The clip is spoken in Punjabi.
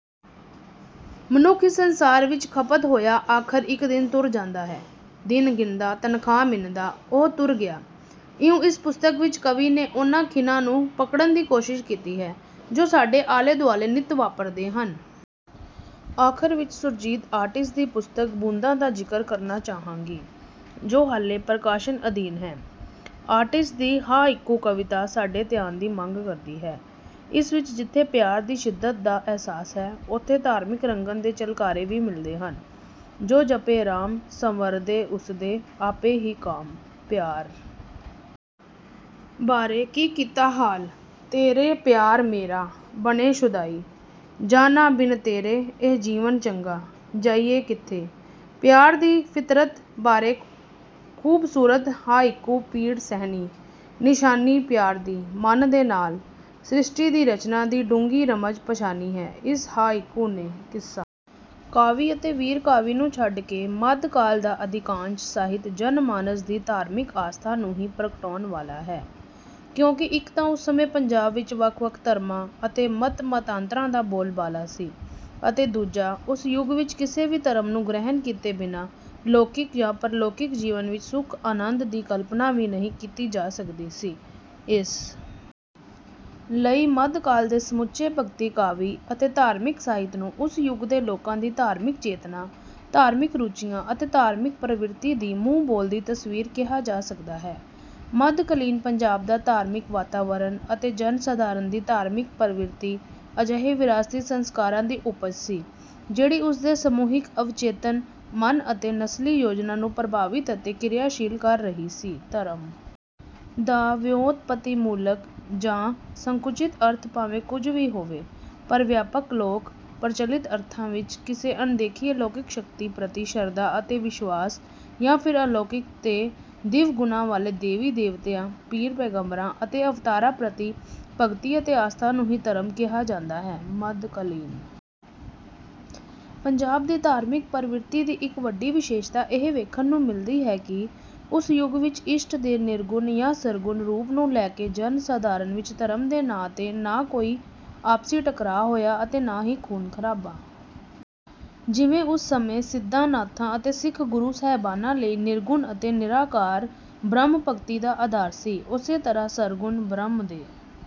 ਮਨੁੱਖ ਇਸ ਸੰਸਾਰ ਵਿੱਚ ਖ਼ਪਤ ਹੋਇਆ ਆਖ਼ਰ ਇੱਕ ਦਿਨ ਤੁਰ ਜਾਂਦਾ ਹੈ: "ਦਿਨ ਗਿਣਦਾ, ਤਨਖਾਹ ਮਿਣਦਾ, ਉਹ ਤੁਰ ਗਿਆ।"ਇਉਂ ਇਸ ਪੁਸਤਕ ਵਿੱਚ ਕਵੀ ਨੇ ਉਨ੍ਹਾਂ ਖਿਣਾਂ ਨੂੰ ਪਕੜਨ ਦੀ ਕੋਸ਼ਿਸ਼ ਕੀਤੀ ਹੈ ਜੋ ਸਾਡੇ ਆਲੇ-ਦੁਆਲੇ ਨਿੱਤ ਵਾਪਰਦੇ ਹਨ। ਆਖ਼ਰ ਵਿੱਚ ਸੁਰਜੀਤ ਆਰਟਿਸਟ ਦੀ ਪੁਸਤਕ 'ਬੂੰਦਾਂ' ਦਾ ਜ਼ਿਕਰ ਕਰਨਾ ਚਾਹਾਂਗੀ, ਜੋ ਹਾਲੇ ਪ੍ਰਕਾਸ਼ਨ ਅਧੀਨ ਹੈ। ਆਰਟਿਸਟ ਦੀ ਹਾਇਕੂ ਕਵਿਤਾ ਸਾਡੇ ਧਿਆਨ ਦੀ ਮੰਗ ਕਰਦੀ ਹੈ। ਇਸ ਵਿੱਚ ਜਿੱਥੇ ਪਿਆਰ ਦੀ ਸ਼ਿੱਦਤ ਦਾ ਅਹਿਸਾਸ ਹੈ, ਉੱਥੇ ਧਾਰਮਿਕ ਰੰਗਣ ਦੇ ਝਲਕਾਰੇ ਵੀ ਮਿਲਦੇ ਹਨ:"ਜੋ ਜਪੇ ਰਾਮ, ਸੰਵਰਦੇ ਉਸਦੇ, ਆਪੇ ਹੀ ਕਾਮ।"ਪਿਆਰ ਬਾਰੇ:"ਕੀ ਕੀਤਾ ਹਾਲ? ਤੇਰੇ ਪਿਆਰ ਮੇਰਾ, ਬਣੇ ਸ਼ੁਦਾਈ।""ਜਾਂ ਨਾ ਬਿਨ ਤੇਰੇ, ਇਹ ਜੀਵਨ ਚੰਗਾ, ਜਾਈਏ ਕਿੱਥੇ? ਪਿਆਰ ਦੀ ਫ਼ਿਤਰਤ ਬਾਰੇ ਖੂਬਸੂਰਤ ਹਾਇਕੂ:"ਪੀੜ ਸਹਿਣੀ, ਨਿਸ਼ਾਨੀ ਪਿਆਰ ਦੀ, ਮਨ ਦੇ ਨਾਲ।"ਸ਼੍ਰਿਸ਼ਟੀ ਦੀ ਰਚਨਾ ਦੀ ਡੂੰਘੀ ਰਮਜ਼ ਪਛਾਣੀ ਹੈ ਇਸ ਹਾਇਕੂ ਨੇ। ਕਿੱਸਾ ਕਾਵਿ ਅਤੇ ਵੀਰ ਕਾਵਿ ਨੂੰ ਛੱਡ ਕੇ ਮੱਧ ਕਾਲ ਦਾ ਅਧਿਕਾਂਸ਼ ਸਾਹਿਤ ਜਨ-ਮਾਨਸ ਦੀ ਧਾਰਮਿਕ ਆਸਥਾ ਨੂੰ ਹੀ ਪ੍ਰਗਟਾਉਣ ਵਾਲਾ ਹੈ, ਕਿਉਂਕਿ ਇੱਕ ਤਾਂ ਉਸ ਸਮੇਂ ਪੰਜਾਬ ਵਿੱਚ ਵੱਖ-ਵੱਖ ਧਰਮਾਂ ਅਤੇ ਮਤ-ਮਤਾਂਤਰਾਂ ਦਾ ਬੋਲਬਾਲਾ ਸੀ ਅਤੇ ਦੂਜਾ, ਉਸ ਯੁੱਗ ਵਿੱਚ ਕਿਸੇ ਵੀ ਧਰਮ ਨੂੰ ਗ੍ਰਹਿਣ ਕੀਤੇ ਬਿਨਾਂ ਲੌਕਿਕ ਜਾਂ ਪਰਲੌਕਿਕ ਜੀਵਨ ਵਿੱਚ ਸੁਖ-ਆਨੰਦ ਦੀ ਕਲਪਨਾ ਵੀ ਨਹੀਂ ਕੀਤੀ ਜਾ ਸਕਦੀ ਸੀ। ਇਸ ਲਈ ਮੱਧ ਕਾਲ ਦੇ ਸਮੁੱਚੇ ਭਗਤੀ ਕਾਵਿ ਅਤੇ ਧਾਰਮਿਕ ਸਾਹਿਤ ਨੂੰ ਉਸ ਯੁੱਗ ਦੇ ਲੋਕਾਂ ਦੀ ਧਾਰਮਿਕ ਚੇਤਨਾ, ਧਾਰਮਿਕ ਰੁਚੀਆਂ ਅਤੇ ਧਾਰਮਿਕ ਪ੍ਰਵਿਰਤੀ ਦੀ ਮੂੰਹ-ਬੋਲਦੀ ਤਸਵੀਰ ਕਿਹਾ ਜਾ ਸਕਦਾ ਹੈ। ਮੱਧਕਾਲੀਨ ਪੰਜਾਬ ਦਾ ਧਾਰਮਿਕ ਵਾਤਾਵਰਨ ਅਤੇ ਜਨ-ਸਾਧਾਰਨ ਦੀ ਧਾਰਮਿਕ ਪ੍ਰਵਿਰਤੀ ਅਜਿਹੇ ਵਿਰਾਸਤੀ ਸੰਸਕਾਰਾਂ ਦੀ ਉਪਜ ਸੀ, ਜਿਹੜੀ ਉਸ ਦੇ ਸਮੂਹਿਕ ਅਵਚੇਤਨ ਮਨ ਅਤੇ ਨਸਲੀ ਯੋਜਨਾ ਨੂੰ ਪ੍ਰਭਾਵਿਤ ਅਤੇ ਕ੍ਰਿਆਸ਼ੀਲ ਕਰ ਰਹੀ ਸੀ। ਧਰਮ ਦਾ ਵਿਉਤਪੱਤੀਮੂਲਕ ਜਾਂ ਸੰਕੁਚਿਤ ਅਰਥ ਭਾਵੇਂ ਕੁਝ ਵੀ ਹੋਵੇ, ਪਰ ਵਿਆਪਕ ਲੋਕ-ਪ੍ਰਚਲਿਤ ਅਰਥਾਂ ਵਿੱਚ ਕਿਸੇ ਅਣਦੇਖੀ ਅਲੌਕਿਕ ਸ਼ਕਤੀ ਪ੍ਰਤੀ ਸ਼ਰਧਾ ਅਤੇ ਵਿਸ਼ਵਾਸ, ਯਾਂ ਫਿਰ ਅਲੌਕਿਕ ਤੇ ਦਿਵ ਗੁਣਾਂ ਵਾਲੇ ਦੇਵੀ-ਦੇਵਤਿਆਂ, ਪੀਰ-ਪੈਗੰਬਰਾਂ ਅਤੇ ਅਵਤਾਰਾਂ ਪ੍ਰਤੀ ਭਗਤੀ ਅਤੇ ਆਸਥਾ ਨੂੰ ਹੀ ਧਰਮ ਕਿਹਾ ਜਾਂਦਾ ਹੈ। ਮੱਧਕਾਲੀਨ ਪੰਜਾਬ ਦੀ ਧਾਰਮਿਕ ਪ੍ਰਵਿਰਤੀ ਦੀ ਇੱਕ ਵੱਡੀ ਵਿਸ਼ੇਸ਼ਤਾ ਇਹ ਵੇਖਣ ਨੂੰ ਮਿਲਦੀ ਹੈ ਕਿ ਉਸ ਯੁੱਗ ਵਿੱਚ ਇਸ਼ਟ ਦੇ ਨਿਰਗੁਣ ਯਾ ਸਰਗੁਣ ਰੂਪ ਨੂੰ ਲੈ ਕੇ ਜਨ-ਸਾਧਾਰਨ ਵਿੱਚ ਧਰਮ ਦੇ ਨਾਂ 'ਤੇ ਨਾ ਤਾਂ ਕੋਈ ਆਪਸੀ ਟਕਰਾਅ ਹੋਇਆ ਅਤੇ ਨਾ ਹੀ ਖ਼ੂਨ-ਖ਼ਰਾਬਾ। ਜਿਵੇਂ ਉਸ ਸਮੇਂ ਸਿੱਧਾਂ-ਨਾਥਾਂ ਅਤੇ ਸਿੱਖ ਗੁਰੂ ਸਾਹਿਬਾਨਾਂ ਲਈ ਨਿਰਗੁਣ ਅਤੇ ਨਿਰਾਕਾਰ ਬ੍ਰਹਮ ਭਗਤੀ ਦਾ ਅਧਾਰ ਸੀ, ਉਸੇ ਤਰ੍ਹਾਂ ਸਰਗੁਣ ਬ੍ਰਹਮ ਦੇ..